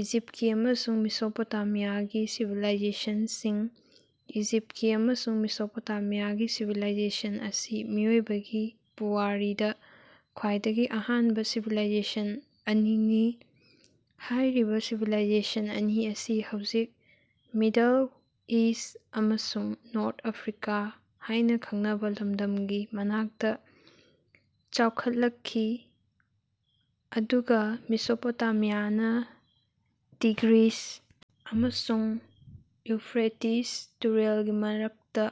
ꯏꯖꯤꯞꯇꯀꯤ ꯑꯃꯁꯨꯡ ꯃꯦꯁꯣꯄꯣꯇꯦꯃꯤꯌꯥꯒꯤ ꯁꯤꯚꯤꯂꯥꯏꯖꯦꯁꯟꯁꯤꯡ꯫ ꯏꯖꯤꯞꯇꯀꯤ ꯑꯃꯁꯨꯡ ꯃꯦꯁꯣꯄꯣꯇꯦꯃꯤꯌꯥꯒꯤ ꯁꯤꯚꯤꯂꯥꯏꯖꯦꯁꯟ ꯑꯁꯤ ꯃꯤꯑꯣꯏꯕꯒꯤ ꯄꯨꯋꯥꯔꯤꯗꯥ ꯈ꯭ꯋꯥꯏꯗꯒꯤ ꯑꯍꯥꯟꯕ ꯁꯤꯚꯤꯂꯥꯏꯖꯦꯁꯟ ꯑꯅꯤꯅꯤ꯫ ꯍꯥꯏꯔꯤꯕ ꯁꯤꯚꯤꯂꯥꯏꯖꯦꯁꯟ ꯑꯅꯤ ꯑꯁꯤ ꯍꯧꯖꯤꯛ ꯃꯤꯗꯜ ꯏꯁ꯭ꯠ ꯑꯃꯁꯨꯡ ꯅꯣꯔꯊ ꯑꯥꯐ꯭ꯔꯤꯀꯥ ꯍꯥꯏꯅꯥ ꯈꯪꯅꯕ ꯂꯗꯝꯒꯤ ꯃꯅꯥꯛꯇ ꯆꯥꯎꯈꯠꯂꯛꯈꯤ, ꯑꯗꯨꯒ ꯃꯦꯁꯣꯄꯣꯇꯦꯃꯤꯌꯥꯅ ꯇꯤꯒ꯭ꯔꯤꯁ ꯑꯃꯁꯨꯡ ꯏꯎꯐ꯭ꯔꯦꯇꯤꯁ ꯇꯨꯔꯦꯜꯒꯤ ꯃꯔꯛꯇꯥ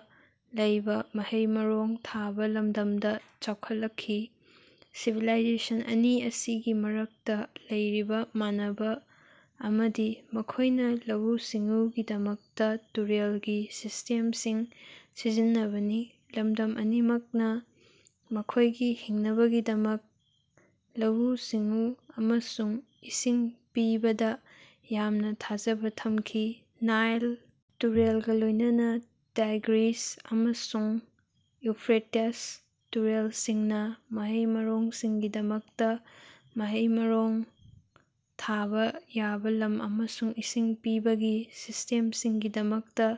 ꯂꯩꯕ ꯃꯍꯩ-ꯃꯔꯣꯡ ꯊꯥꯕ ꯂꯝꯗꯝꯗ ꯆꯥꯎꯈꯠꯂꯛꯈꯤ꯫ ꯁꯤꯚꯤꯂꯥꯏꯖꯦꯁꯟ ꯑꯅꯤ ꯑꯁꯤꯒꯤ ꯃꯔꯛꯇ ꯂꯩꯔꯤꯕ ꯃꯥꯟꯅꯕꯥ ꯑꯃꯗꯤ ꯃꯈꯣꯏꯅꯥ ꯂꯧꯎ-ꯁꯤꯡꯎꯒꯤꯗꯃꯛꯇ ꯇꯨꯔꯦꯜꯒꯤ ꯁꯤꯁ꯭ꯇꯦꯝꯁꯤꯡ ꯁꯤꯖꯤꯟꯅꯕꯅꯤ꯫ ꯂꯝꯗꯝ ꯑꯅꯤꯃꯛꯅ ꯃꯈꯣꯏꯒꯤ ꯍꯤꯡꯅꯕꯒꯤꯗꯃꯛ ꯂꯧꯎ-ꯁꯤꯡꯎ ꯑꯃꯁꯨꯡ ꯏꯁꯤꯡ ꯄꯤꯕꯗꯥ ꯌꯥꯝꯅ ꯊꯥꯖꯕ ꯊꯝꯈꯤ꯫ ꯅꯥꯏꯜ ꯇꯨꯔꯦꯜꯒ ꯂꯣꯏꯅꯅꯥ ꯇꯤꯒ꯭ꯔꯤꯁ ꯑꯃꯁꯨꯡ ꯏꯎꯐ꯭ꯔꯦꯇꯁ ꯇꯨꯔꯦꯜꯁꯤꯡꯅ ꯃꯍꯩ-ꯃꯔꯣꯡꯁꯤꯡꯒꯤꯗꯃꯛꯇꯥ ꯃꯍꯩ-ꯃꯔꯣꯡ ꯊꯥꯕ ꯌꯥꯕ ꯂꯝ ꯑꯃꯁꯨꯡ ꯏꯁꯤꯡ ꯄꯤꯕꯒꯤ ꯁꯤꯁ꯭ꯇꯦꯝꯁꯤꯡꯒꯤꯗꯃꯛꯇ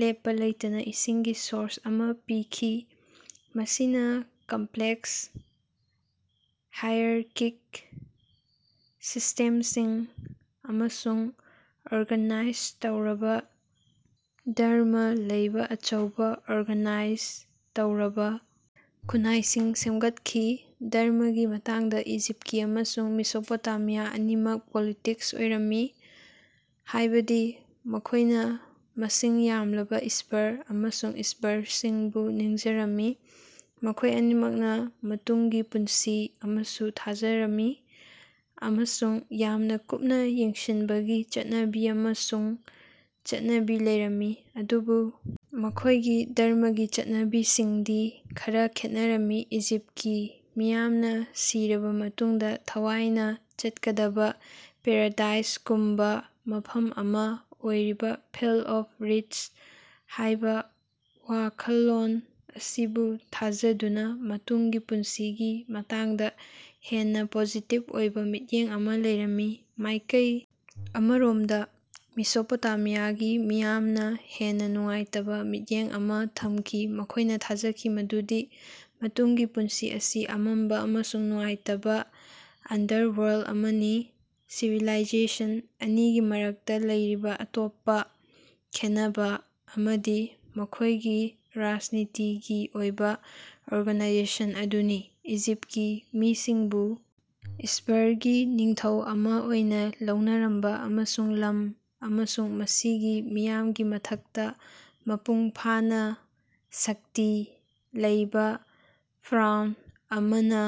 ꯂꯦꯞꯄꯥ ꯂꯩꯇꯅꯥ ꯏꯁꯤꯡꯒꯤ ꯁꯣꯔꯁ ꯑꯃ ꯄꯤꯈꯤ꯫ ꯃꯁꯤꯅ ꯀꯝꯄꯂꯦꯛꯁ ꯍꯥꯏꯔꯩꯀꯤꯛ ꯁꯤꯁ꯭ꯇꯦꯝꯁꯤꯡ ꯑꯃꯁꯨꯡ ꯑꯣꯔꯒꯅꯥꯏꯖ ꯇꯧꯔꯕꯥ ꯙꯔꯃ ꯂꯩꯕ ꯑꯆꯧꯕ, ꯑꯣꯔꯒꯅꯥꯏꯖ ꯇꯧꯔꯕꯥ ꯈꯨꯟꯅꯥꯏꯁꯤꯡ ꯁꯦꯝꯒꯠꯈꯤ꯫ ꯙꯔꯃꯒꯤ ꯃꯇꯥꯡꯗ ꯏꯖꯤꯞꯇꯀꯤ ꯑꯃꯁꯨꯡ ꯃꯦꯁꯣꯄꯣꯇꯦꯃꯤꯌꯥ ꯑꯅꯤꯃꯛ ꯄꯣꯂꯤꯇꯤꯁ꯭ꯇꯤꯛ ꯑꯣꯏꯔꯝꯃꯤ, ꯍꯥꯏꯕꯗꯤ ꯃꯈꯣꯏꯅ ꯃꯁꯤꯡ ꯌꯥꯝꯂꯕꯥ ꯏꯁ꯭ꯕꯔ ꯑꯃꯁꯨꯡ ꯏꯁ꯭ꯕꯔꯁꯤꯡꯕꯨ ꯅꯤꯡꯖꯔꯝꯃꯤ꯫ ꯃꯈꯣꯏ ꯑꯅꯤꯃꯛꯅꯥ ꯃꯇꯨꯡꯒꯤ ꯄꯨꯟꯁꯤ ꯑꯃꯁꯨ ꯊꯥꯖꯔꯝꯃꯤ ꯑꯃꯁꯨꯡ ꯌꯥꯝꯅ ꯀꯨꯞꯅꯥ ꯌꯦꯡꯁꯤꯟꯕꯒꯤ ꯆꯠꯅꯕꯤ ꯑꯃꯁꯨꯡ ꯆꯠꯅꯕꯤ ꯂꯩꯔꯝꯃꯤ꯫ ꯑꯗꯨꯕꯨ ꯃꯈꯣꯏꯒꯤ ꯙꯔꯝꯃꯒꯤ ꯆꯠꯅꯕꯤꯁꯤꯡꯗꯤ ꯈꯔꯥ ꯈꯦꯠꯅꯔꯝꯃꯤ꯫ ꯏꯖꯤꯞꯇꯀꯤ ꯃꯤꯌꯥꯝꯅꯥ ꯁꯤꯔꯕꯥ ꯃꯇꯨꯡꯗꯥ ꯊꯋꯥꯏꯅ ꯆꯠꯀꯗꯕꯥ ꯄꯦꯔꯥꯗꯥꯏꯁꯒꯨꯝꯕꯥ ꯃꯐꯝ ꯑꯃ ꯑꯣꯏꯔꯤꯕ "ꯐꯤꯜꯗ ꯑꯣꯐ ꯔꯤꯗꯁ" ꯍꯥꯏꯕ ꯋꯥ ꯈꯜꯂꯣꯟ ꯑꯁꯤꯕꯨ ꯊꯥꯖꯗꯨꯅꯥ ꯃꯇꯨꯡꯒꯤ ꯄꯨꯟꯁꯤꯒꯤ ꯃꯇꯥꯡꯗ ꯍꯦꯟꯅꯥ ꯄꯣꯖꯤꯇꯤꯕ ꯑꯣꯏꯕ ꯃꯤꯠꯌꯦꯡ ꯑꯃ ꯂꯩꯔꯝꯃꯤ꯫ ꯃꯥꯏꯀꯩ ꯑꯃꯔꯣꯝꯗ ꯃꯦꯁꯣꯄꯣꯇꯦꯃꯤꯌꯥꯒꯤ ꯃꯤꯌꯥꯝꯅ ꯍꯦꯟꯅꯥ ꯅꯨꯡꯉꯥꯏꯇꯕꯥ ꯃꯤꯠꯌꯦꯡ ꯑꯃ ꯊꯝꯈꯤ, ꯃꯈꯣꯏꯅ ꯊꯥꯖꯈꯤ ꯃꯗꯨꯗꯤ ꯃꯇꯨꯡꯒꯤ ꯄꯨꯟꯁꯤ ꯑꯁꯤ ꯑꯃꯝꯕꯥ ꯑꯃꯁꯨꯡ ꯅꯨꯡꯉꯥꯏꯇꯕꯥ ꯑꯟꯗꯔꯋꯔꯜꯗ ꯑꯃꯅꯤ꯫ ꯁꯤꯚꯤꯂꯥꯏꯖꯦꯁꯟ ꯑꯅꯤꯒꯤ ꯃꯔꯛꯇꯥ ꯂꯩꯔꯤꯕꯥ ꯑꯇꯣꯞꯄꯥ ꯈꯦꯟꯅꯕꯥ ꯑꯃꯗꯤ ꯃꯈꯣꯏꯒꯤ ꯔꯥꯖꯅꯤꯇꯤꯒꯤ ꯑꯣꯏꯕ ꯑꯣꯔꯒꯅꯥꯏꯖꯦꯁꯟ ꯑꯗꯨꯅꯤ꯫ ꯏꯖꯤꯞꯇꯀꯤ ꯃꯤꯁꯤꯡꯕꯨ ꯏꯁ꯭ꯕꯔꯒꯤ ꯅꯤꯡꯊꯧ ꯑꯃ ꯑꯣꯏꯅ ꯂꯧꯅꯔꯝꯕ ꯑꯃꯁꯨꯡ ꯂꯝ ꯑꯃꯁꯨꯡ ꯃꯁꯤꯒꯤ ꯃꯤꯌꯥꯝꯒꯤ ꯃꯊꯛꯇ ꯃꯄꯨꯡ ꯐꯥꯅ ꯁꯛꯇꯤ ꯂꯩꯕ ꯐ꯭ꯔꯧꯟ ꯑꯃꯅ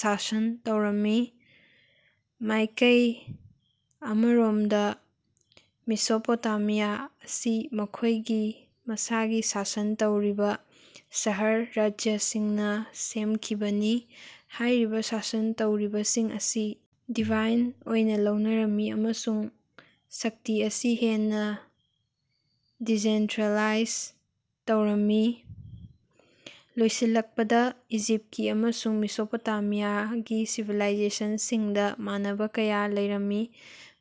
ꯁꯥꯁꯟ ꯇꯧꯔꯝꯃꯤ꯫ ꯃꯥꯏꯀꯩ ꯑꯃꯔꯣꯝꯗꯥ ꯃꯦꯁꯣꯄꯣꯇꯦꯃꯤꯌꯥ ꯑꯁꯤ ꯃꯈꯣꯏꯒꯤ ꯃꯁꯥꯒꯤ ꯁꯥꯁꯟ ꯇꯧꯔꯤꯕ ꯁꯍꯔ-ꯔꯥꯖ꯭ꯌꯁꯤꯡꯅ ꯁꯦꯝꯈꯤꯕꯅꯤ꯫ ꯍꯥꯏꯔꯤꯕꯥ ꯁꯥꯁꯟ ꯇꯧꯔꯤꯕꯁꯤꯡ ꯑꯁꯤ ꯗꯤꯚꯥꯏꯟ ꯑꯣꯏꯅ ꯂꯧꯅꯔꯝꯃꯤ ꯑꯃꯁꯨꯡ ꯁꯛꯇꯤ ꯑꯁꯤ ꯍꯦꯟꯅ ꯗꯤꯖꯦꯟꯇꯔꯂꯥꯏꯖ ꯇꯧꯔꯝꯃꯤ꯫ ꯂꯣꯏꯁꯤꯜꯂꯛꯄꯗꯥ, ꯏꯖꯤꯞꯇꯀꯤ ꯑꯃꯁꯨꯡ ꯃꯦꯁꯣꯄꯣꯇꯦꯃꯤꯌꯥꯒꯤ ꯁꯤꯚꯤꯂꯥꯏꯖꯦꯁꯟꯁꯤꯡꯗꯥ ꯃꯥꯟꯅꯕ ꯀꯌꯥ ꯂꯩꯔꯝꯃꯤ,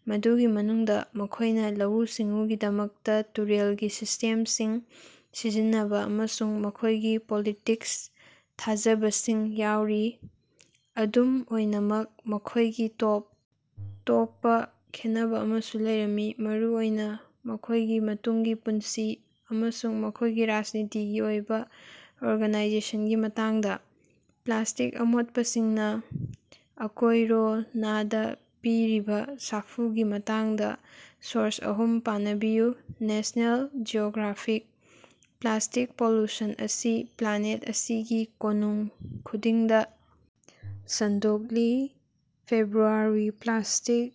ꯃꯗꯨꯒꯤ ꯃꯅꯨꯡꯗꯥ ꯃꯈꯣꯏꯅ ꯂꯧꯎ-ꯁꯤꯡꯎꯒꯤꯗꯃꯛꯇꯥ ꯇꯨꯔꯦꯜꯒꯤ ꯁꯤꯁ꯭ꯇꯦꯝꯁꯤꯡ ꯁꯤꯖꯤꯟꯅꯕꯥ ꯑꯃꯁꯨꯡ ꯃꯈꯣꯏꯒꯤ ꯄꯣꯂꯤꯇꯤꯁ꯭ꯇꯤꯛ ꯊꯥꯖꯕꯁꯤꯡ ꯌꯥꯎꯔꯤ꯫ ꯑꯗꯨꯝ ꯑꯣꯏꯅꯃꯛ ꯃꯈꯣꯏꯒꯤ ꯇꯣꯞ ꯇꯣꯞꯄꯥ ꯈꯦꯟꯅꯕꯥ ꯑꯃꯁꯨ ꯂꯩꯔꯝꯃꯤ, ꯃꯔꯨ ꯑꯣꯏꯅ ꯃꯈꯣꯏꯒꯤ ꯃꯇꯨꯡꯒꯤ ꯄꯨꯟꯁꯤ ꯑꯃꯁꯨꯡ ꯃꯈꯣꯏꯒꯤ ꯔꯥꯖꯅꯤꯇꯤꯒꯤ ꯑꯣꯏꯕ ꯑꯣꯔꯒꯥꯅꯥꯏꯖꯦꯁꯟꯒꯤ ꯃꯇꯥꯡꯗ꯫ ꯄ꯭ꯂꯥꯁ꯭ꯇꯤꯛ ꯑꯃꯣꯠꯄꯁꯤꯡꯅꯥ ꯑꯀꯣꯌꯔꯣꯅꯗꯥ ꯄꯤꯔꯤꯕꯥ ꯁꯥꯐꯨꯒꯤ ꯃꯇꯥꯡꯗꯥ ꯁꯣꯔꯁ ꯑꯍꯨꯝ ꯄꯅꯕꯤꯌꯨ꯫ ꯅꯦꯁ꯭ꯅꯦꯜ ꯖꯤꯑꯣꯒ꯭ꯔꯥꯐꯤꯛ "ꯄ꯭ꯂꯥꯁ꯭ꯇꯤꯛ ꯄꯣꯂꯨꯁꯟ ꯑꯁꯤ ꯄ꯭ꯂꯥꯅꯦꯠ ꯑꯁꯤꯒꯤ ꯀꯣꯅꯨꯡ ꯈꯨꯗꯤꯡꯗꯥ ꯁꯟꯗꯣꯛꯂꯤ" (ꯐꯦꯕ꯭ꯔꯨꯋꯥꯔꯤ ꯄ꯭ꯂꯥꯁ꯭ꯇꯤꯛ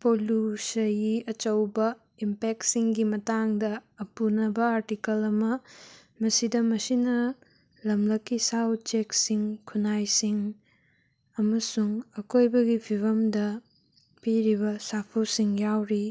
ꯄꯣꯂꯨꯁꯏ ꯑꯆꯧꯕꯥ ꯏꯝꯄꯦꯛꯇꯁꯤꯡꯒꯤ ꯃꯇꯥꯡꯗꯥ ꯑꯄꯨꯅꯕꯥ ꯑꯥꯔꯇꯤꯀꯜ ꯑꯃꯥ, ꯃꯁꯤꯗꯥ ꯃꯁꯤꯅꯥ ꯂꯃꯂꯛꯀꯤ ꯁꯥ-ꯎꯆꯦꯀꯁꯤꯡ, ꯈꯨꯟꯅꯥꯏꯁꯤꯡ ꯑꯃꯁꯨꯡ ꯑꯀꯣꯌꯕꯒꯤ ꯐꯤꯕꯝꯗꯥ ꯄꯤꯔꯤꯕꯥ ꯁꯥꯐꯨꯁꯤꯡ ꯌꯥꯑꯣꯔꯤ꯫